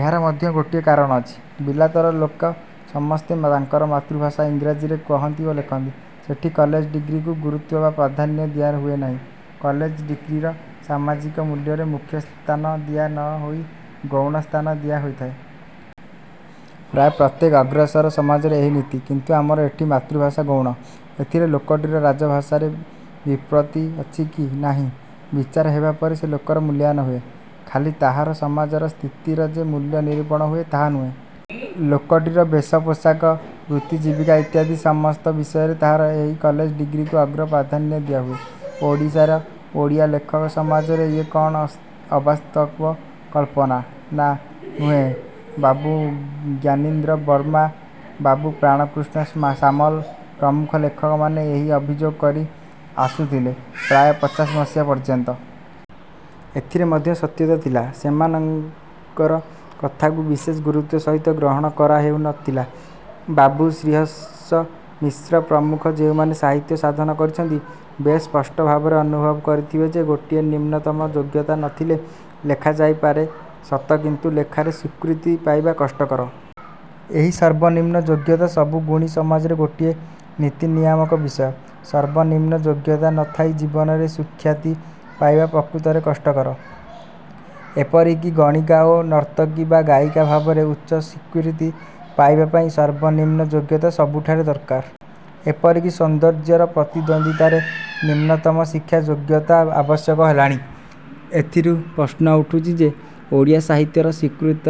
ଏହାର ମଧ୍ୟ ଗୋଟିଏ କାରଣ ଅଛି। ବିଲାତର ଲୋକ ସମସ୍ତେ ତାଙ୍କର ମାତୃଭାଷା ଇଂରାଜିରେ କହନ୍ତି ଓ ଲେଖନ୍ତି। ସେଠି କଲେଜ ଡିଗ୍ରୀକୁ ଗୁରୁତ୍ୱ ବା ପ୍ରାଧାନ୍ୟ ଦିଆ ହୁଏ ନାହିଁ। କଲେଜ ଡିଗ୍ରୀର ସାମାଜିକ ମୂଲ୍ୟରେ ମୁଖ୍ୟସ୍ଥାନ ଦିଆ ନ ହୋଇ ଗୌଣ ସ୍ଥାନ ଦିଆ ହୋଇଥାଏ। ପ୍ରାୟ ପ୍ରତ୍ୟେକ ଅଗ୍ରସର ସମାଜରେ ଏହି ନୀତି। କିନ୍ତୁ ଆମର ଏଠି ମାତୃଭାଷା ଗୌଣ। ଏଥିରେ ଲୋକଟିର ରାଜଭାଷାରେ ବ୍ୟୁତ୍ପତ୍ତି ଅଛି କି ନାହିଁ-ବିଚାର ହେବାପରେ ସେ ଲୋକର ମୂଲ୍ୟାୟନ ହୁଏ। ଖାଲି ତାହାର ସମାଜର ସ୍ଥିତିର ଯେ ମୂଲ୍ୟ ନିରୂପଣ ହୁଏ ତାହା ନୁହେଁ। ଲୋକଟିର ବେଶପୋଷାକ ବୃତ୍ତିଜୀବିକା ଇତ୍ୟାଦି ସମସ୍ତ ବିଷୟରେ ତାହାର ଏହି କଲେଜ ଡିଗ୍ରୀକୁ ଅଗ୍ର-ପ୍ରାଧାନ୍ୟ ଦିଆହୁଏ। ଓଡ଼ିଶାର ଓଡ଼ିଆ ଲେଖକ ସମାଜରେ ଇଏ କ'ଣ ଅବାସ୍ତବ କଳ୍ପନା? -ନା। ନୁହେଁ। ବାବୁ ଜ୍ଞାନୀନ୍ଦ୍ର ବର୍ମା, ବାବୁ ପ୍ରାଣକୃଷ୍ଣ ସାମଲ ପ୍ରମୁଖ ଲେଖକମାନେ ଏହି ଅଭିଯୋଗ କରି ଆସୁଥିଳେ ପ୍ରାୟ ପଚାଶ ମସିହା ପର୍ଯ୍ୟନ୍ତ। ଏଥିରେ ମଧ୍ୟ ସତ୍ୟତା ଥିଲା। ସେମାଙ୍କର କଥାକୁ ବିଶେଷ ଗୁରୁତ୍ୱ ସହିତ ଗ୍ରହଣ କରା ହେଉ ନ ଥିଲା। ବାବୁ ଶ୍ରୀହର୍ଷ ମିଶ୍ର ପ୍ରମୁଖ ଯେଉଁମାନେ ସାହିତ୍ୟ ସାଧନା କରିଛନ୍ତି ବେଶ୍ ସ୍ପଷ୍ଟ ଭାବରେ ଅନୁଭବ କରିଥିବେ ଯେ ଗୋଟିଏ ନିମ୍ନତମ ଯୋଗ୍ୟତା ନ ଥିଲେ ଲେଖା ଯାଇପାରେ ସତ କିନ୍ତୁ ଲେଖାରେ ସ୍ୱୀକୃତି ପାଇବା କଷ୍ଟକର। ଏହି ସର୍ବନିମ୍ନ ଯୋଗ୍ୟତା ସବୁ ଗୁଣୀ ସମାଜରେ ଗୋଟିଏ ନୀତିନିୟାମକ ବିଷୟ। ସର୍ବ-ନିମ୍ନ ଯୋଗ୍ୟତା ନ ଥାଇ ଜୀବନରେ ସୁଖ୍ୟାତି ପାଇବା ପ୍ରକୃତରେ କଷ୍ଟକର। ଏପରି କି ଗଣିକା ଓ ନର୍ତ୍ତକୀ ବା ଗାୟିକା ଭାବରେ ଉଚ୍ଚ ସ୍ୱୀକୃତି ପାଇବା ପାଇଁ ସର୍ବନିମ୍ନ ଯୋଗ୍ୟତା ସବୁଠାରେ ଦରକାର। ଏପରିକି ସୌନ୍ଦର୍ଯ୍ୟର ପ୍ରତିଦ୍ୱନ୍ଦ୍ୱିତାରେ ନିମ୍ନତମ ଶିକ୍ଷା ଯୋଗ୍ୟତା ଆବଶ୍ୟକ ହେଲାଣି। ଏଥିରୁ ପ୍ରଶ୍ନ ଉଠୁଛି ଯେ ଓଡ଼ିଆ ସାହିତ୍ୟର ସ୍ୱୀକୃତ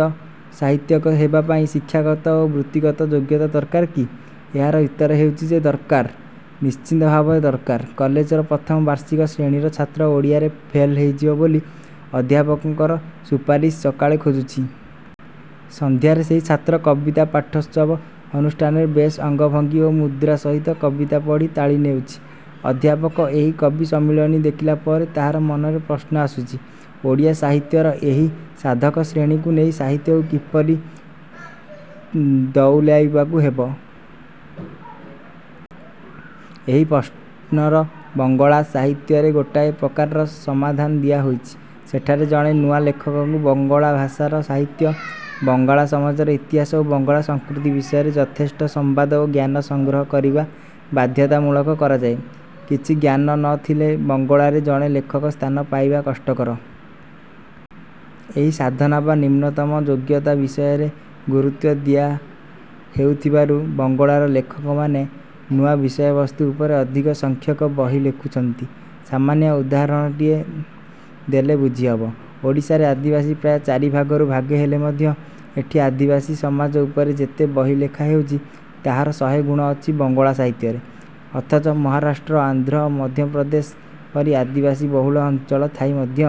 ସାହିତ୍ୟିକ ହେବାପାଇଁ ଶିକ୍ଷାଗତ ଓ ବୃତ୍ତିଗତ ଯୋଗ୍ୟତା ଦରକାର କି? ଏହାର ଉତ୍ତର ହେଉଛି ଯେ ଦରକାର। ନିଶ୍ଚିତ ଭାବରେ ଦରକାର। କଲେଜର ପ୍ରଥମ ବାର୍ଷିକ ଶ୍ରେଣୀର ଛାତ୍ର ଓଡ଼ିଆରେ ଫେଲ ହୋଇଯିବ ବୋଲି ଅଧ୍ୟାପକଙ୍କର ସୁପାରିସ ସକାଳେ ଖୋଜୁଛି। ସନ୍ଧ୍ୟାରେ ସେହି ଛାତ୍ର କବିତା ପାଠୋତ୍ସବ ଅନୁଷ୍ଠାନରେ ବେଶ୍ ଅଙ୍ଗଭଙ୍ଗୀ ଓ ମୁଦ୍ରା ସହିତ କବିତା ପଢ଼ି ତାଳି ନେଉଛି। ଅଧ୍ୟାପକ ଏହି କବି ସମ୍ମିଳନୀ ଦେଖିଲା ପରେ ତାହାର ମନରେ ପ୍ରଶ୍ନ ଆସୁଛି-ଓଡ଼ିଆ ସାହିତ୍ୟର ଏହି ସାଧକଶ୍ରେଣୀଙ୍କୁ ନେଇ ସାହିତ୍ୟକୁ କିପରି ତଉଲିବାକୁ ହେବ? ଏହି ପ୍ରଶ୍ନର ବଙ୍ଗଳା ସାହିତ୍ୟରେ ଗୋଟାଏ ପ୍ରକାରର ସମାଧାନ ଦିଆ ହୋଇଛି। ସେଠାରେ ଜଣେ ନୂଆ ଲେଖକକୁ ବଙ୍ଗଳା ଭାଷାର ସାହିତ୍ୟ, ବଙ୍ଗଳା ସମାଜର ଇତିହାସ ଓ ବଙ୍ଗଳା ସଂସ୍କୃତି ବିଷୟରେ ଯଥେଷ୍ଟ ସମ୍ବାଦ ଓ ଜ୍ଞାନ ସଂଗ୍ରହ କରିବା ବାଧ୍ୟତାମୂଳକ କରାଯାଏ। କିଛି ଜ୍ଞାନ ନ ଥିଲେ ବଙ୍ଗଳାରେ ଜଣେ ଲେଖକ ସ୍ଥାନ ପାଇବା କଷ୍ଟକର। ଏହି ସାଧନା ବା। ନିମ୍ନତମ ଯୋଗ୍ୟତା ବିଷୟରେ ଗୁରୁତ୍ୱ ଦିଆ ହେଉଥିବାରୁ ବଙ୍ଗଳାର ଲେଖକମାନେ ନୂଆ ବିଷୟବସ୍ତୁ ଉପରେ ଅଧିକ ସଂଖ୍ୟକ ବହି ଲେଖୁଛନ୍ତି! ସାମାନ୍ୟ ଉଦାହରଣଟିଏ ଦେଲେ ବୁଝିହବ। ଓଡ଼ିଶାରେ ଆଦିବାସୀ ପ୍ରାୟ ଚାରିଭାଗରୁ ଭାଗେ ହେଲେ ମଧ୍ୟ ଏଠି ଆଦିବାସୀ ସମାଜ ଉପରେ ଯେତେ ବହି ଲେଖା ହେଉଛି ତାହାର ଶହେଗୁଣ ଅଛି ବଙ୍ଗଳା ସାହିତ୍ୟରେ। ଅଥଚ ମହାରାଷ୍ଟ୍ର, ଆନ୍ଧ୍ର, ମଧ୍ୟପ୍ରଦେଶ ପରି ଆଦିବାସୀବହୁଳ ଅଞ୍ଚଳ ଥାଇ ମଧ୍ୟ